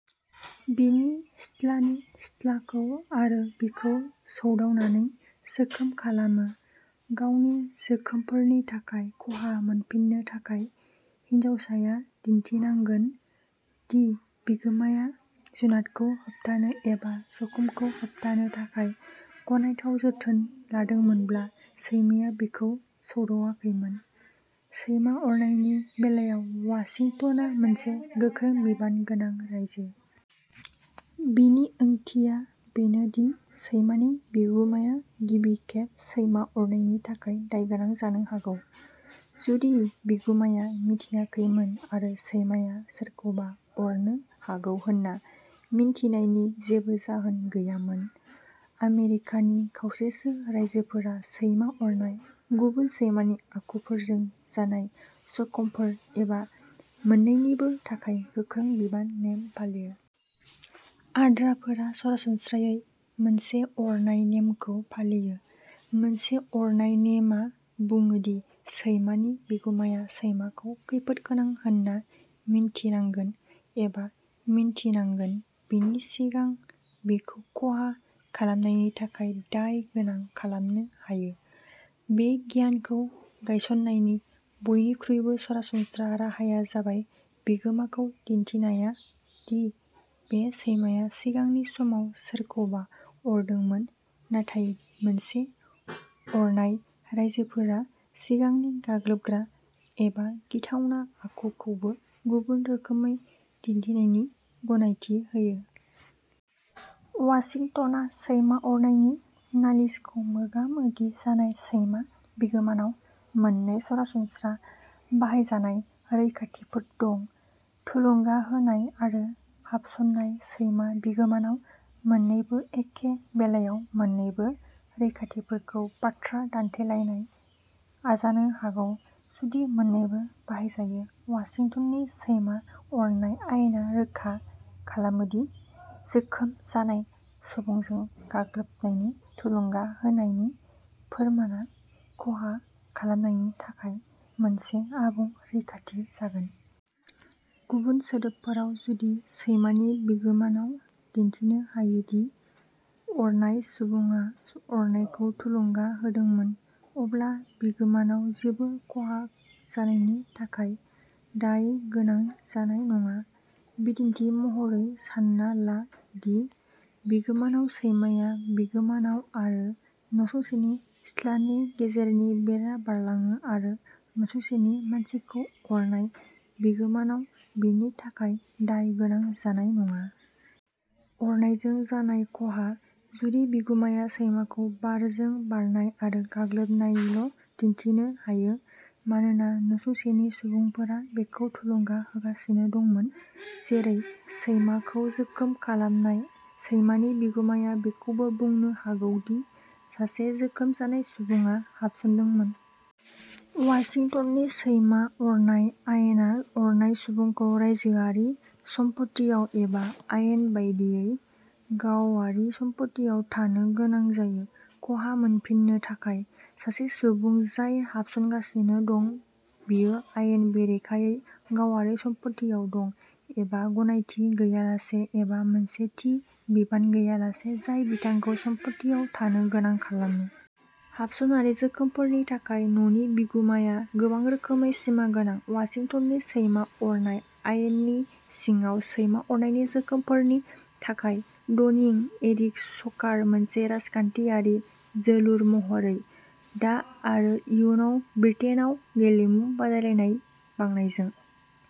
बिनि सिथ्लानि सिथ्लाखौ आरो बिखौ सौदावनानै जोखोम खालामो। गावनि जोखोमफोरनि थाखाय खहा मोनफिन्नो थाखाय, हिनजावसाया दिन्थिनांगोन दि बिगुमाया जुनादखौ होबथानो एबा जखमखौ होबथानो थाखाय गनायथाव जोथोन लादोंमोनब्ला सैमाया बिखौ सौदावाखैमोन। सैमा अरनायनि बेलायाव वाशिंटनआ मोनसे "गोख्रों बिबान" गोनां रायजो। बेनि ओंथिया बेनोदि सैमानि बिगुमाया गिबि खेब सैमा अरनायनि थाखाय दायगोनां जानो हागौ, जुदि बिगुमाया मिथियाखैमोन आरो सैमाया सोरखौबा अरनो हागौ होन्ना मिन्थिनायनि जेबो जाहोन गैयामोन। आमेरिकानि खावसेसो रायजोफोरा सैमा अरनाय, गुबुन सैमानि आखुफोरजों जानाय जखमफोर, एबा मोन्नैनिबो थाखाय "गोख्रों बिबान" नेम फालियो। आद्राफोरा सरासनस्रायै "मोनसे अरनाय" नेमखौ फालियो। "मोनसे अरनाय" नेमआ बुङो दि सैमानि बिगुमाया सैमाखौ खैफोदगोनां होनना मिन्थिनांगोन एबा मिन्थिनांगोन बेनि सिगां बिखौ खहा खालामनायनि थाखाय दाय गोनां खालामनो हायो। बे गियानखौ गायसननायनि बयनिख्रुइबो सरासनस्रा राहाया जाबाय बिगोमाखौ दिन्थिनाया दि बे सैमाया सिगांनि समाव सोरखौबा अरदोंमोन, नाथाय "मोनसे अरनाय" रायजोफोरा सिगांनि गाग्लोबग्रा एबा गिथावना आखुखौबो गुबुन रोखोमै दिन्थिनायनि गनायथि होयो। वाशिंटनआव सैमा अरनायनि नालिसखौ मोगा-मोगि जानाय सैमा बिगोमानाव मोननै सरासनस्रा बाहायजानाय रैखाथिफोर दं। थुलुंगा होनाय आरो हाबसननाय सैमा बिगोमानाव मोननैबो एखे बेलायाव मोन्नैबो रैखाथिफोरखौ बाथ्रा दान्थेलायनाय जानो हागौ, जुदि मोननैबो बाहायजायो। वाशिंटननि सैमा अरनाय आयेना रोखा खालामो दि "जोखोम जानाय सुबुंजों गाग्लोबनायनि थुलुंगा होनायनि फोरमानआ खहा खालामनायनि थाखाय मोनसे आबुं रैखाथि जागोन।" गुबुन सोदोबफोराव, जुदि सैमानि बिगोमानाव दिन्थिनो हायो दि अरनाय सुबुङा अरनायखौ थुलुंगा होदोंमोन, अब्ला बिगोमानाव जेबो खहा जानायनि थाखाय दाय गोनां जानाय नङा। बिदिन्थि महरै, सान्ना ला दि बिगोमानाव सैमाया बिगोमानाव आरो नसुंसेनि सिथ्लानि गेजेरनि बेरा बारलाङो आरो नसुंसेनि मानसिखौ अरनाय, बिगोमानाव बेनि थाखाय दाय गोनां जानाय नङा। अरनायजों जानाय खहा, जुदि बिगुमाया सैमाखौ बारजों बारनाय आरो गाग्लोबनायल'दिन्थिनो हायो मानोना नसुंसेनि सुबुंफोरा बेखौ थुलुंगा होगासिनो दंमोन-- जेरै सैमाखौ जोखोम खालामनाय। सैमानि बिगुमाया बेखौबो बुंनो हागौ दि सासे जोखोम जानाय सुबुङा हाबसनदोंमोन। वाशिंटननि सैमा अरनाय आयेना अरनाय सुबुंखौ रायजोआरि सम्फथियाव एबा "आयेन बायदियै" गावारि सम्फथियाव थानो गोनां जायो, खहा मोनफिन्नो थाखाय। सासे सुबुं जाय हाबसनगासिनो दं बियो आयेन बेरेखायै गावारि सम्फथियाव दं, एबा गनायथि गैयालासे एबा मोनसे थि बिबान गैयालासे जाय बिथांखौ सम्फथियाव थानो गोनां खालामो। हाबसनारि जोखोमफोरनि थाखाय न'नि बिगुमाया गोबां रोखोमै सिमागोनां, वाशिंटननि सैमा अरनाय आयेननि सिङाव सैमा अरनायनि जोखोमफोरनि थाखाय डनिं, एरिक सकार मोनसे राजखान्थियारि जोलुर महरैः दा आरो इयुनाव ब्रिटेनआव गेलेमु बादायलायनाय बांनायजों।